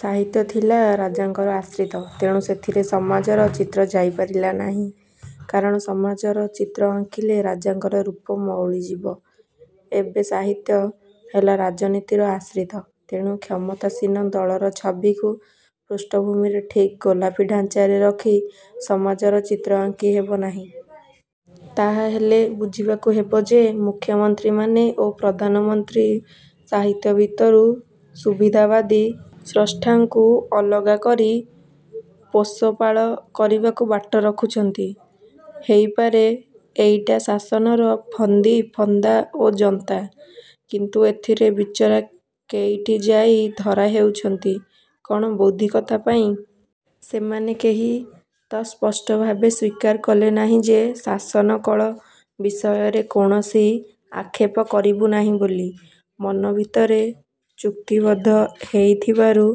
ସାହିତ୍ୟ ଥିଲା ରାଜାଙ୍କର ଆଶ୍ରିତ। ତେଣୁ ସେଥିରେ ସମାଜର ଚିତ୍ର ଯାଇପାରିଲା ନାହିଁ। କାରଣ ସମାଜର ଚିତ୍ର ଆଙ୍କିଲେ ରାଜାଙ୍କର ରୂପ ମଉଳିଯିବ। ଏବେ ସାହିତ୍ୟ। ହେଲା ରାଜନୀତିର ଆଶ୍ରିତ। ତେଣୁ କ୍ଷମତାସୀନ ଦଳର ଛବିକୁ ପୃଷ୍ଠଭୂମିରେ ଠିକ୍ ଗୋଲାପୀ ଢାଞ୍ଚାରେ ରଖି ସମାଜର ଚିତ୍ର ଆଙ୍କି ହେବ ନାହିଁ। ତାହାହେଲେ ବୁଝିବାକୁ ହେବ ଯେ ମୁଖ୍ୟମନ୍ତ୍ରୀମାନେ ଓ ପ୍ରଧାନମନ୍ତ୍ରୀ ସାହିତ୍ୟ ଭିତରୁ ସୁବିଧାବାଦୀ ସ୍ରଷ୍ଟାଙ୍କୁ ଅଲଗା କରି ପୋଷପାଳ କରିବାକୁ ବାଟ ରଖୁଛନ୍ତି। ହେଇପାରେ ଏଇଟା ଶାସନର ଫନ୍ଦି, ଫନ୍ଦା ଓ ଜନ୍ତା। କିନ୍ତୁ ଏଥିରେ ବିଚରା କେଇଟି ଯାଇ ଧରା ହେଉଛନ୍ତି କ'ଣ ବୌଦ୍ଧିକତା ପାଇଁ? ସେମାନେ କେହି ତ ସ୍ପଷ୍ଟ ଭାବରେ ସ୍ୱୀକାର କଲେ ନାହିଁ ଯେ ଶାସନକଳ ବିଷୟରେ କୌଣସି ଆକ୍ଷେପ କରିବୁ ନାହିଁ ବୋଲି ମନ ଭିତରେ ଚୁକ୍ତିବଦ୍ଧ ହେଇଥିବାରୁ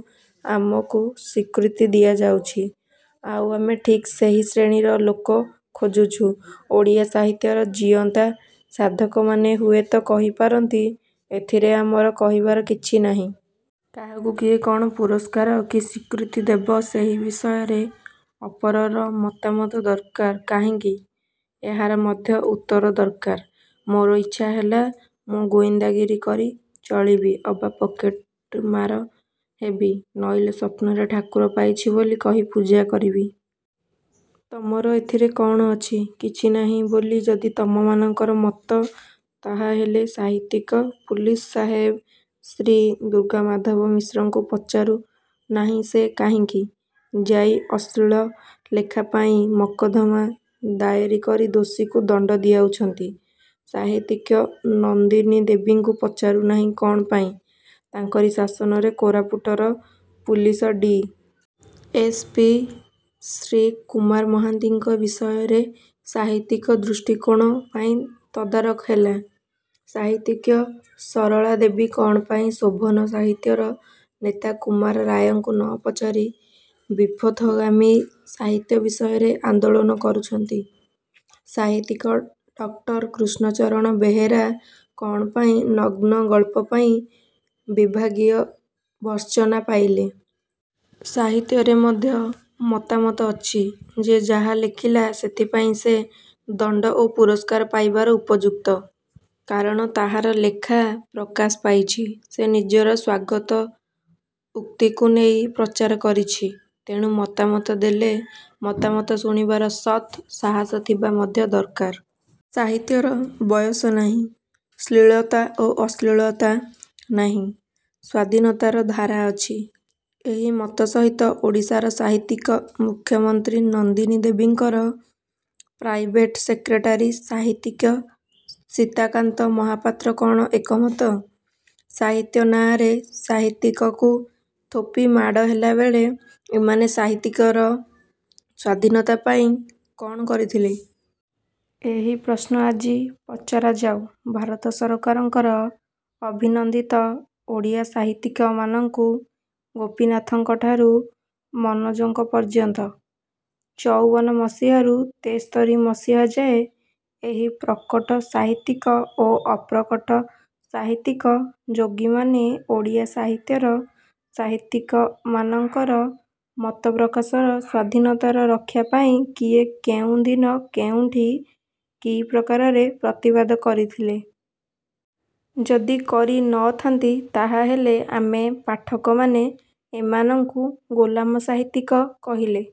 ଆମକୁ ସ୍ୱୀକୃତି ଦିଆଯାଉଛି। ଆଉ ଆମେ ଠିକ୍ ସେହି ଶ୍ରେଣୀର ଲୋକ ଖୋଜୁଛୁ। ଓଡ଼ିଆ ସାହିତ୍ୟର ଜୀଅନ୍ତା ସାଧକମାନେ ହୁଏତ କହିପାରନ୍ତି-ଏଥିରେ ଆମର କହିବାର କିଛି ନାହିଁ। କାହାକୁ କିଏ କ'ଣ ପୁରସ୍କାର କି ସ୍ୱୀକୃତି ଦେବ ସେହି ବିଷୟରେ ଅପରର ମତାମତ ଦରକାର କାହିଁକି? ଏହାର ମଧ୍ୟ ଉତ୍ତର ଦରକାର। ମୋର ଇଚ୍ଛା ହେଲା ମୁଁ ଗୁଇନ୍ଦାଗିରି କରି ଚଳିବି ଅବା ପକେଟମାର ହେବି ନଇଲେ ସ୍ୱପ୍ନରେ ଠାକୁର ପାଇଛି ବୋଲି କହି ପୂଜା କରିବି? ତମର ଏଥିରେ କ'ଣ ଅଛି? କିଛି ନାହିଁ ବୋଲି ଯଦି ତମମାନଙ୍କର ମତ ତାହାହେଲେ ସାହିତ୍ୟିକ ପୁଲିସ ସାହେବ ଶ୍ରୀ ଦୁର୍ଗାମାଧବ ମିଶ୍ରଙ୍କୁ ପଚାରୁ ନାହିଁ ସେ କାହିଁକି ଯାଇ ଅଶ୍ଳୀଳ ଲେଖା ପାଇଁ ମକଦ୍ଦମା ଦାଏର କରି ଦୋଷୀକୁ ଦଣ୍ତ ଦିଆଉଛନ୍ତି। ସାହିତ୍ୟିକ ନନ୍ଦିନୀ ଦେବୀଙ୍କୁ ପଚାରୁ ନାହିଁ କ'ଣ ପାଇଁ ତାଙ୍କରି ଶାସନରେ କୋରାପୁଟର police D. S. P. Shri Kumar ମହାନ୍ତିଙ୍କ ବିଷୟରେ ସାହିତ୍ୟିକ ଦୃଷ୍ଟି କୋଣ ପାଇଁ ତଦାରଖ ହେଲା? ସାହିତ୍ୟିକ ସରଳା ଦେବୀ କ'ଣ ପାଇଁ ଶୋଭନ ସାହିତ୍ୟର ନେତା କୁମାର ରାୟଙ୍କୁ ନ ପଚାରି ବିପଥଗାମୀ ସାହିତ୍ୟ ବିଷୟରେ ଆନ୍ଦୋଳନ କରୁଛନ୍ତି? ସାହିତ୍ୟିକ ଡକ୍ଟର କୃଷ୍ଣଚରଣ ବେହେରା କ'ଣ ପାଇଁ ନଗ୍ନ ଗଳ୍ପ ପାଇଁ ବିଭାଗୀୟ ଭର୍ତ୍ସନା ପାଇଲେ-? ସାହିତ୍ୟରେ ମଧ୍ୟ ମତାମତ ଅଛି। ଯେ ଯାହା ଲେଖିଲା ସେଥିପାଇଁ ସେ ଦଣ୍ତ ଓ ପୁରସ୍କାର ପାଇବାର ଉପଯୁକ୍ତ। କାରଣ ତାହାର ଲେଖା ପ୍ରକାଶ ପାଇଛି। ସେ ନିଜର ସ୍ୱାଗତ ଉକ୍ତିକୁ ନେଇ ପ୍ରଚାର କରିଛି। ତେଣୁ ମତାମତ ଦେଲେ ମତାମତ ଶୁଣିବାର ସତ୍ ସାହସ ଥିବା ମଧ୍ୟ ଦରକାର। ସାହିତ୍ୟର ବୟସ ନାହିଁ। ଶ୍ଳୀଳତା ଓ ଅଶ୍ଳୀଳତା ନାହିଁ। ସ୍ୱାଧୀନତାର ଧାରା ଅଛି। ଏହି ମତ ସହିତ ଓଡ଼ିଶାର ସାହିତ୍ୟିକ ମୁଖ୍ୟମନ୍ତ୍ରୀ ନନ୍ଦିନୀ ଦେବୀଙ୍କର ପ୍ରାଇଭେଟ ସେକ୍ରେଟାରୀ ସାହିତ୍ୟିକ ସୀତାକାନ୍ତ ମହାପାତ୍ର କ'ଣ ଏକମତ? ସାହିତ୍ୟ ନାଆଁରେ ସାହିତ୍ୟିକକୁ ଥୋପି ମାଡ଼ ହେଲାବେଳେ ଏମାନେ ସାହିତ୍ୟିକର ସ୍ୱାଧୀନତା ପାଇଁ କ'ଣ କରିଥିଲେ? ଏହି ପ୍ରଶ୍ନ ଆଜି ପଚରାଯାଉ ଭାରତ ସରକାରଙ୍କର ଅଭିନନ୍ଦିତ ଓଡ଼ିଆ ସାହିତ୍ୟିକମାନଙ୍କୁ-ଗୋପୀନାଥଙ୍କଠାରୁ ମନୋଜଙ୍କ ପର୍ଯ୍ୟନ୍ତ। ଚଉବନ ମସିହାରୁ ତେସ୍ତରୀ ମସିହାଯାଏ ଏହି ପ୍ରକଟ ସାହିତ୍ୟିକ ଓ ଅପ୍ରକଟ ସାହିତ୍ୟିକ ଯୋଗୀମାନେ ଓଡ଼ିଆ ସାହିତ୍ୟର ସାହିତ୍ୟିକମାନଙ୍କର ମତ ପ୍ରକାଶର ସ୍ୱାଧୀନତାର ରକ୍ଷା ପାଇଁ କିଏ କେଉଁଦିନ କେଉଁଠି କି ପ୍ରକାରରେ ପ୍ରତିବାଦ କରିଥିଲେ? ଯଦି କରି ନ ଥାନ୍ତି ତାହାହେଲେ ଆମେ ପାଠକମାନେ ଏମାନଙ୍କୁ ଗୋଲାମ ସାହିତ୍ୟିକ କହିଲେ